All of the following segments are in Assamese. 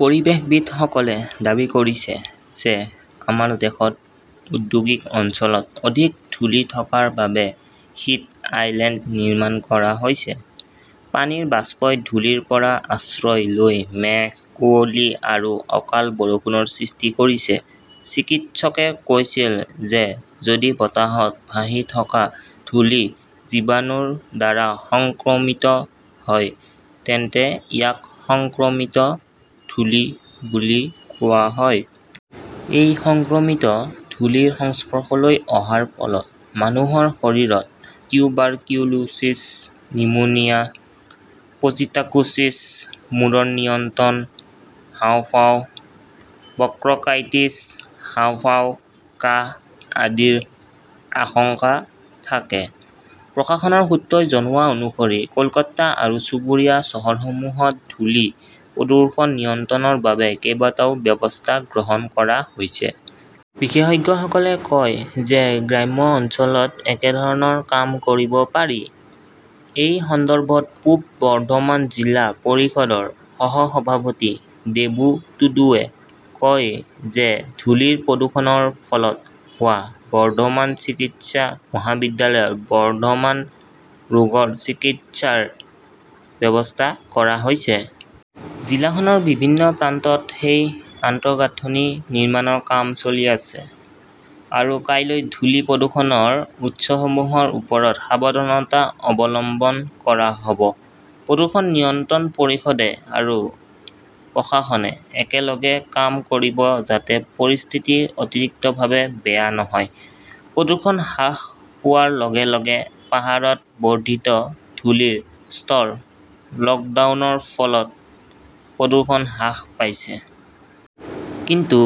পৰিৱেশবিদসকলে দাবী কৰিছে যে আমাৰ দেশত ঔদ্যোগিক অঞ্চলত অধিক ধূলি থকাৰ বাবে 'হিট আইলেণ্ড নিৰ্মাণ কৰা হৈছে। পানীৰ বাষ্পই ধূলিৰ পৰা আশ্ৰয় লৈ মেঘ, কুঁৱলী আৰু অকাল বৰষুণৰ সৃষ্টি কৰিছে। চিকিৎসকে কৈছিল যে যদি বতাহত ভাহি থকা ধূলি জীৱাণুৰ দ্বাৰা সংক্ৰমিত হয় তেন্তে ইয়াক সংক্ৰমিত ধূলি বুলি কোৱা হয়। এই সংক্ৰমিত ধূলিৰ সংস্পৰ্শলৈ অহাৰ ফলত মানুহৰ শৰীৰত টিউবাৰকিউলোচিছ, নিউমোনিয়া, পজিটাকোচিছ, মূৰৰ নিয়ন্ত্ৰণ, হাঁওফাঁও, ব্ৰংকাইটিছ, হাঁওফাঁও, কাহ আদিৰ আশংকা থাকে। প্ৰশাসনৰ সূত্ৰই জনোৱা অনুসৰি কলকাতা আৰু চুবুৰীয়া চহৰসমূহত ধূলি প্ৰদূষণ নিয়ন্ত্ৰণৰ বাবে কেইবাটাও ব্যৱস্থা গ্ৰহণ কৰা হৈছে। বিশেষজ্ঞসকলে কয় যে গ্ৰাম্য অঞ্চলত একেধৰণৰ কাম কৰিব পাৰি। এই সন্দৰ্ভত পূব বৰ্ধমান জিলা পৰিষদৰ সহ-সভাপতি দেবু টুডুৱে কয় যে ধূলিৰ প্ৰদূষণৰ ফলত হোৱা বৰ্ধমান চিকিৎসা মহাবিদ্যালয়ত বৰ্ধমান ৰোগৰ চিকিৎসাৰ ব্যৱস্থা কৰা হৈছে। জিলাখনৰ বিভিন্ন প্ৰান্তত সেই আন্তঃগাঁথনি নিৰ্মাণৰ কাম চলি আছে। আৰু কাইলৈ ধূলি প্ৰদূষণৰ উৎসসমূহৰ ওপৰত সাৱধানতা অৱলম্বন কৰা হব। প্ৰদূষণ নিয়ন্ত্ৰণ পৰিষদে আৰু প্ৰশাসনে একেলগে কাম কৰিব যাতে পৰিস্থিতি অতিৰিক্তভাৱে বেয়া নহয়। প্ৰদূষণ হ্ৰাস পোৱাৰ লগে-লগে পাহাৰত বৰ্ধিত ধূলিৰ স্তৰ লকডাউনৰ ফলত প্ৰদূষণ হ্ৰাস পাইছে। কিন্তু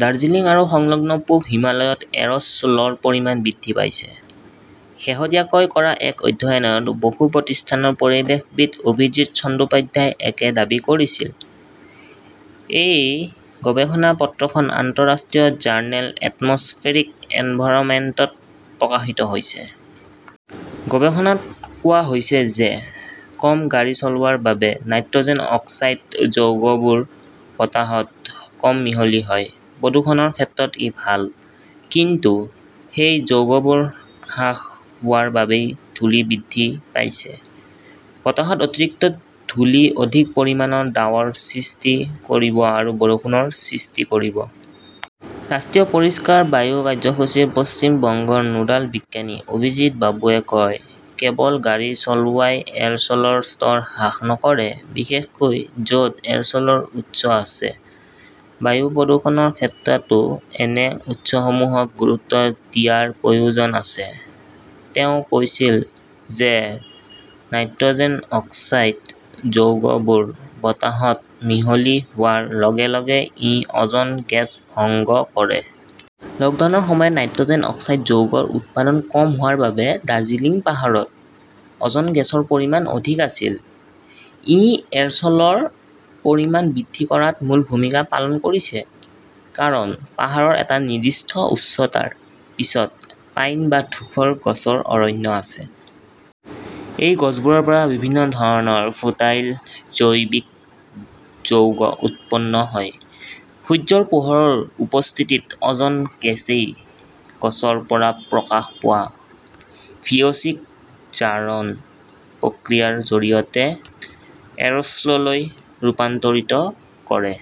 ডাৰ্জিলিং আৰু সংলগ্ন পূব হিমালয়ত এৰছ ল ৰ পৰিমাণ বৃদ্ধি পাইছে। শেহতীয়াকৈ কৰা এক অধ্যয়নত বসু প্ৰতিষ্ঠানৰ পৰিৱেশবিদ অভিজিৎ চট্টোপাধ্যায়ই একে দাবী কৰিছিল। এই গৱেষণা পত্ৰখন আন্তঃৰাষ্ট্ৰীয় জাৰ্নেল এটমছফেৰিক এনভাইৰনমেণ্টত প্ৰকাশিত হৈছে। গৱেষণাত কোৱা হৈছে যে কম গাড়ী চলোৱাৰ বাবে নাইট্ৰজেন অক্সাইড যৌগবোৰ বতাহত কম মিহলি হয়। প্ৰদূষণৰ ক্ষেত্ৰত ই ভাল। কিন্তু সেই যৌগবোৰ হ্ৰাস হোৱাৰ বাবেই ধূলি বৃদ্ধি পাইছে। বতাহত অতিৰিক্ত ধূলি অধিক পৰিমাণৰ ডাৱৰ সৃষ্টি কৰিব আৰু বৰষুণৰ সৃষ্টি কৰিব। ৰাষ্ট্ৰীয় পৰিষ্কাৰ বায়ু কাৰ্যসূচীৰ পশ্চিম বংগৰ নোডাল বিজ্ঞানী অভিজিৎ বাবুৱে কয়, কেৱল গাড়ী চলোৱাই এৰছলৰ স্তৰ হ্ৰাস নকৰে, বিশেষকৈ যত এৰছলৰ উৎস আছে। বায়ু প্ৰদূষণৰ ক্ষেত্ৰতো এনে উৎসসমূহক গুৰুত্ব দিয়াৰ প্ৰয়োজন আছে। তেওঁ কৈছিল যে নাইট্ৰজেন অক্সাইড যৌগবোৰ বতাহত মিহলি হোৱাৰ লগে লগে ই অজন গেছ ভংগ কৰে। লকডাউনৰ সময়ত নাইট্ৰজেন অক্সাইড যৌগৰ উৎপাদন কম হোৱাৰ বাবে দাৰ্জিলিং পাহাৰত অজন গেছৰ পৰিমাণ অধিক আছিল। ই এৰছলৰ পৰিমাণ বৃদ্ধি কৰাত মূল ভূমিকা পালন কৰিছে। কাৰণ, পাহাৰৰ এটা নিৰ্দিষ্ট উচ্চতাৰ পিছত পাইন বা ধূসৰ গছৰ অৰণ্য আছে। এই গছবোৰৰ পৰা বিভিন্ন ধৰণৰ ভোল্টাইল জৈৱিক যৌগ উৎপন্ন হয়। সূৰ্যৰ পোহৰৰ উপস্থিতিত অজন গেছই গছৰ পৰা প্ৰকাশ পোৱা ভিঅচি-ক জাৰণ প্ৰক্ৰিয়াৰ জৰিয়তে এৰস্ললৈ ৰূপান্তৰিত কৰে।